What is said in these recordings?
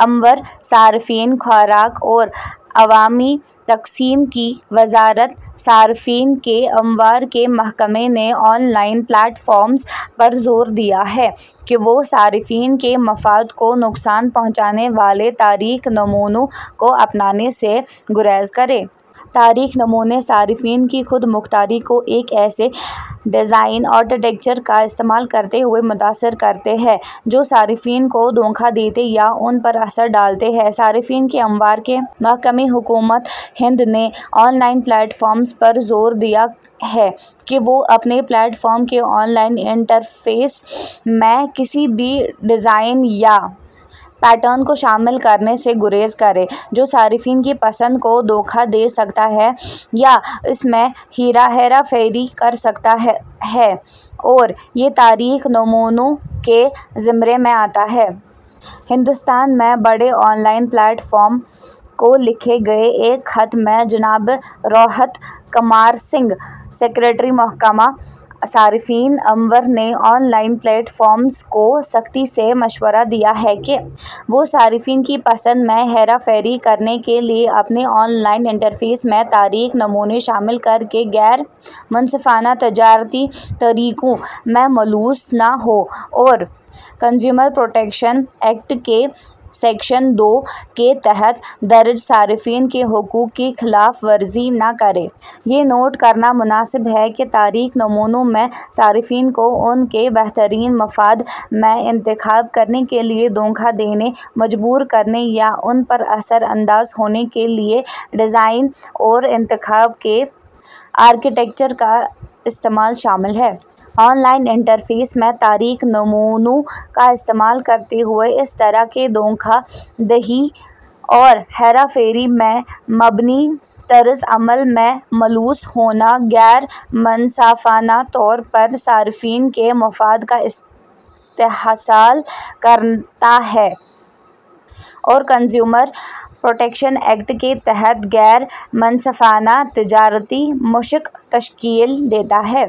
امور صارفین، خوراک اور عوامی تقسیم کی وزارت، صارفین کے امور کے محکمے نے آن لائن پلیٹ فارمز پر زور دیا ہے کہ وہ صارفین کے مفاد کو نقصان پہنچانے والے ’تاریک نمونوں‘ کو اپنانے سے گریز کریں۔ تاریک نمونے صارفین کی خود مختاری کو ایک ایسے ڈیزائن آرکیٹیکچر کا استعمال کرتے ہوئے متاثر کرتے ہیں، جو صارفین کو دھوکا دیتے یا ان پر اثر ڈالتے ہیں۔ صارفین کے امور کے محکمے، حکومت ہند نے آن لائن پلیٹ فارمز پر زور دیا ہے کہ وہ اپنے پلیٹ فارم کے آن لائن انٹرفیس میں کسی بھی ڈیزائن یا پیٹرن کو شامل کرنے سے گریز کریں، جو صارفین کی پسند کو دھوکا دے سکتا ہے یا اس میں ہیرا پھیری کر سکتا ہے اور یہ تاریک نمونوں کے زمرے میں آتا ہے۔ ہندوستان میں بڑے آن لائن پلیٹ فارمز کو لکھے گئے ایک خط میں جناب روہت کمار سنگھ، سکریٹری، محکمہ صارفین امور نے آن لائن پلیٹ فارمز کو سختی سے مشورہ دیا ہے کہ وہ صارفین کی پسند میں ہیرا پھیری کرنے کے لیے اپنے آن لائن انٹرفیس میں تاریک نمونے شامل کرکے ’غیر منصفانہ تجارتی طریقوں‘ میں ملوث نہ ہوں اور کنزیومر پروٹیکشن ایکٹ کے سیکشن دو کے تحت درج ’صارفین کے حقوق‘ کی خلاف ورزی نہ کریں۔ یہ نوٹ کرنا مناسب ہے کہ تاریک نمونوں میں صارفین کو ان کے بہترین مفاد میں انتخاب کرنے کے لیے دھوکا دینے، مجبور کرنے یا ان پر اثر انداز ہونے کے لیے ڈیزائن اور انتخاب کے آرکیٹیکچر کا استعمال شامل ہے۔ آن لائن انٹرفیس میں تاریک نمونوں کا استعمال کرتے ہوئے اس طرح کے دھوکا دہی اور ہیرا پھیری پر مبنی طرز عمل میں ملوث ہونا غیر منصفانہ طور پر صارفین کے مفاد کا استحصال کرتا ہے اور کنزیومر پروٹیکشن ایکٹ کے تحت ’غیر منصفانہ تجارتی مشق‘ تشکیل دیتا ہے۔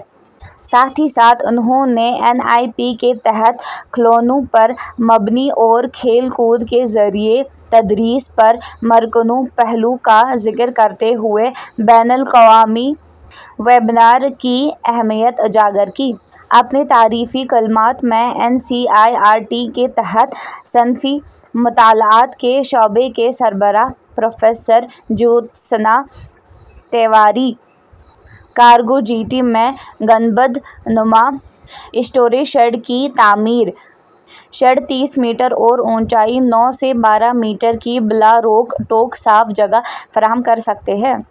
ساتھ ہی ساتھ انہوں نے این ای پی کے تحت کھلونوں پر مبنی اور کھیل کود کے ذریعے تدریس پر مرکوز پہلو کا ذکر کرتے ہوئے بین الاقوامی ویبینار کی اہمیت اجاگر کی۔ اپنے تعارفی کلمات میں N C E R T کے تحت صنفی مطالعات کے شعبے کے سربراہ professor Jyotsna Tiwari. Cargo jetty میں گنبد نما اسٹوریج شیڈ کی تعمیر۔ شیڈ تیس میٹر اور اونچائی نو سے بارہ میٹر کی بلا روک ٹوک صاف جگہ فراہم کر سکتے ہیں۔